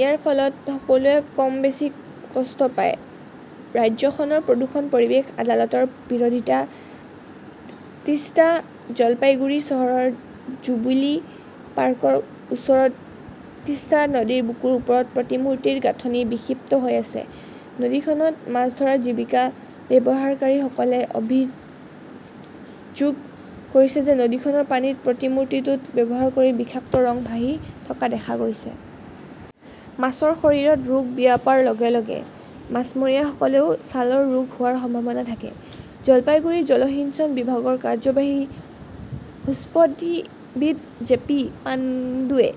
ইয়াৰ ফলত সকলোৱে কম বেছি কষ্ট পায়। "। ৰাজ্যখনৰ প্ৰদূষণ-পৰিৱেশ আদালতৰ বিৰোধিতা তিষ্টা জলপাইগুৰি চহৰৰ জুবিলি পাৰ্কৰ ওচৰৰ তিষ্টা নদীৰ বুকুৰ ওপৰত প্ৰতিমূৰ্তিৰ গাঁথনি বিক্ষিপ্ত হৈ আছে। নদীখনত মাছ ধৰা জীৱিকা ব্যৱহাৰকাৰীসকলে অভিযোগ কৰিছে যে নদীখনৰ পানীত প্ৰতিমূৰ্তিটোত ব্যৱহাৰ কৰা বিষাক্ত ৰং ভাহি থকা দেখা গৈছে। মাছৰ শৰীৰত ৰোগ বিয়পাৰ লগে লগে মাছমৰীয়াসকলেও ছালৰ ৰোগ হোৱাৰ সম্ভাৱনা থাকে। জলপাইগুৰি জলসিঞ্চন বিভাগৰ কাৰ্যবাহী স্থপতিবিদ জে পি পাণ্ডেয়ে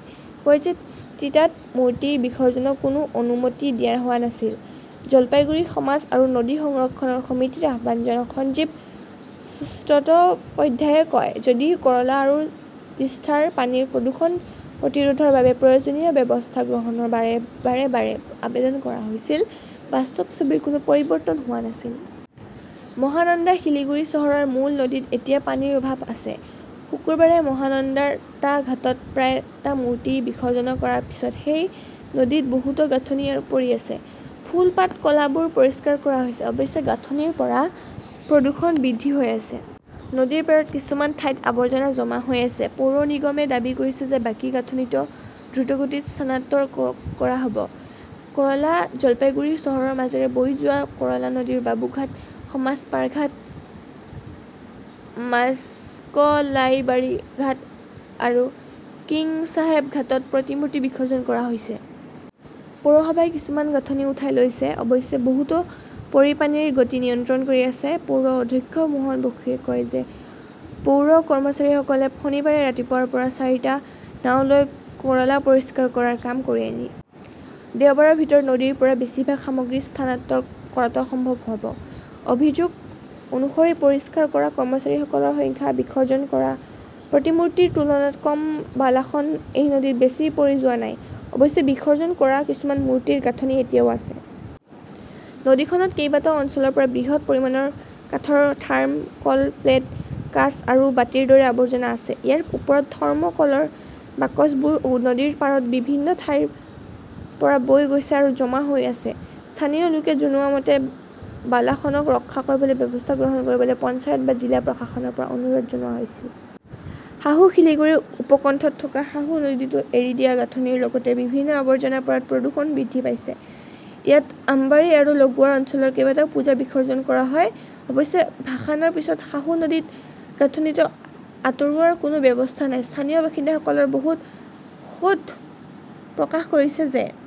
কয় যে তিষ্টাত মূৰ্তি বিসৰ্জনৰ কোনো অনুমতি দিয়া হোৱা নাছিল। জলপাইগুৰি সমাজ আৰু নদী সংৰক্ষণ সমিতিৰ আহ্বায়ক সঞ্জীৱ চট্টোপাধ্যায়ই কয়, "যদিও কৰলা আৰু তিষ্টাৰ পানীৰ প্ৰদূষণ প্ৰতিৰোধৰ বাবে প্ৰয়োজনীয় ব্যৱস্থা গ্ৰহণৰ বাবে বাৰে বাৰে আবেদন কৰা হৈছিল, বাস্তৱ ছবিৰ কোনো পৰিৱৰ্তন হোৱা নাছিল। মহানন্দা শিলিগুৰি চহৰৰ মূল নদীত এতিয়া পানীৰ অভাৱ আছে। শুকুৰবাৰে মহানন্দাৰ টা ঘাটত প্ৰায় টা মূৰ্তি বিসৰ্জন কৰাৰ পিছত সেই নদীত বহুতো গাঁথনি পৰি আছে। ফুল-পাত, কলাবোৰ পৰিষ্কাৰ কৰা হৈছে। অৱশ্যে, গাঁথনিৰ পৰা প্ৰদূষণ বৃদ্ধি হৈ আছে। নদীৰ পাৰত কিছুমান ঠাইত আৱৰ্জনা জমা হৈ আছে। পৌৰ নিগমে দাবী কৰিছে যে বাকী গাঁথনিটো দ্ৰুতগতিত স্থানান্তৰ কৰা হ 'ব। কৰলা জলপাইগুৰি চহৰৰ মাজেৰে বৈ যোৱা কৰলা নদীৰ বাবুঘাট, সমাজ পাৰা ঘাট, মাস্কলাইবাৰী ঘাট আৰু কিংছাহেব ঘাটত প্ৰতিমূৰ্তি বিসৰ্জন কৰা হৈছে। পৌৰসভাই কিছুমান গাঁথনি উঠাই লৈছে। অৱশ্যে, বহুতো পৰি পানীৰ গতি নিয়ন্ত্ৰণ কৰি আছে। পৌৰ অধ্যক্ষ মোহন বসুৱে কয় যে পৌৰ কৰ্মচাৰীসকলে শনিবাৰে ৰাতিপুৱাৰ পৰা চাৰিটা নাও লৈ কৰলা পৰিষ্কাৰ কৰাৰ কাম কৰি আহিছে। দেওবাৰৰ ভিতৰত নদীৰ পৰা বেছিভাগ সামগ্ৰী স্থানান্তৰ কৰাটো সম্ভৱ হ 'ব। অভিযোগ অনুসৰি পৰিষ্কাৰ কৰা কৰ্মচাৰীসকলৰ সংখ্যা বিসৰ্জন কৰা প্ৰতিমূৰ্তিৰ তুলনাত কম। বালাসন এই নদীত বেছি পৰি যোৱা নাই। অৱশ্যে, বিসৰ্জন কৰা কিছুমান মূৰ্তিৰ গাঁথনি এতিয়াও আছে। নদীখনত কেইবাটাও অঞ্চলৰ পৰা বৃহৎ পৰিমাণৰ কাঠৰ থাৰ্ম "কল প্লেট, কাঁচ আৰু বাটিৰ দৰে আৱৰ্জনা আছে। ইয়াৰ ওপৰত থৰ্ম "কলৰ বাকচবোৰ নদীৰ পাৰত বিভিন্ন ঠাইৰ পৰা বৈ গৈছে আৰু জমা হৈ আছে। স্থানীয় লোকে জনোৱা মতে, বালাসনক ৰক্ষা কৰিবলৈ ব্যৱস্থা গ্ৰহণ কৰিবলৈ পঞ্চায়ত বা জিলা প্ৰশাসনৰ পৰা অনুৰোধ জনোৱা হৈছিল। সাহু শিলিগুৰিৰ উপকণ্ঠত থকা সাহু নদীতো এৰি দিয়া গাঁথনিৰ লগতে বিভিন্ন আৱৰ্জনাৰ পৰা প্ৰদূষণ বৃদ্ধি পাইছে। ইয়াত আম্বাৰী আৰু লগৱা অঞ্চলৰ কেইবাটাও পূজা বিসৰ্জন কৰা হয়। অৱশ্যে, ভাসানৰ পিছত সাহু নদীত গাঁথনিটো আঁতৰোৱাৰ কোনো ব্যৱস্থা নাই। স্থানীয় বাসিন্দাসকলৰ বহুতে ক্ষোভ প্ৰকাশ কৰিছে যে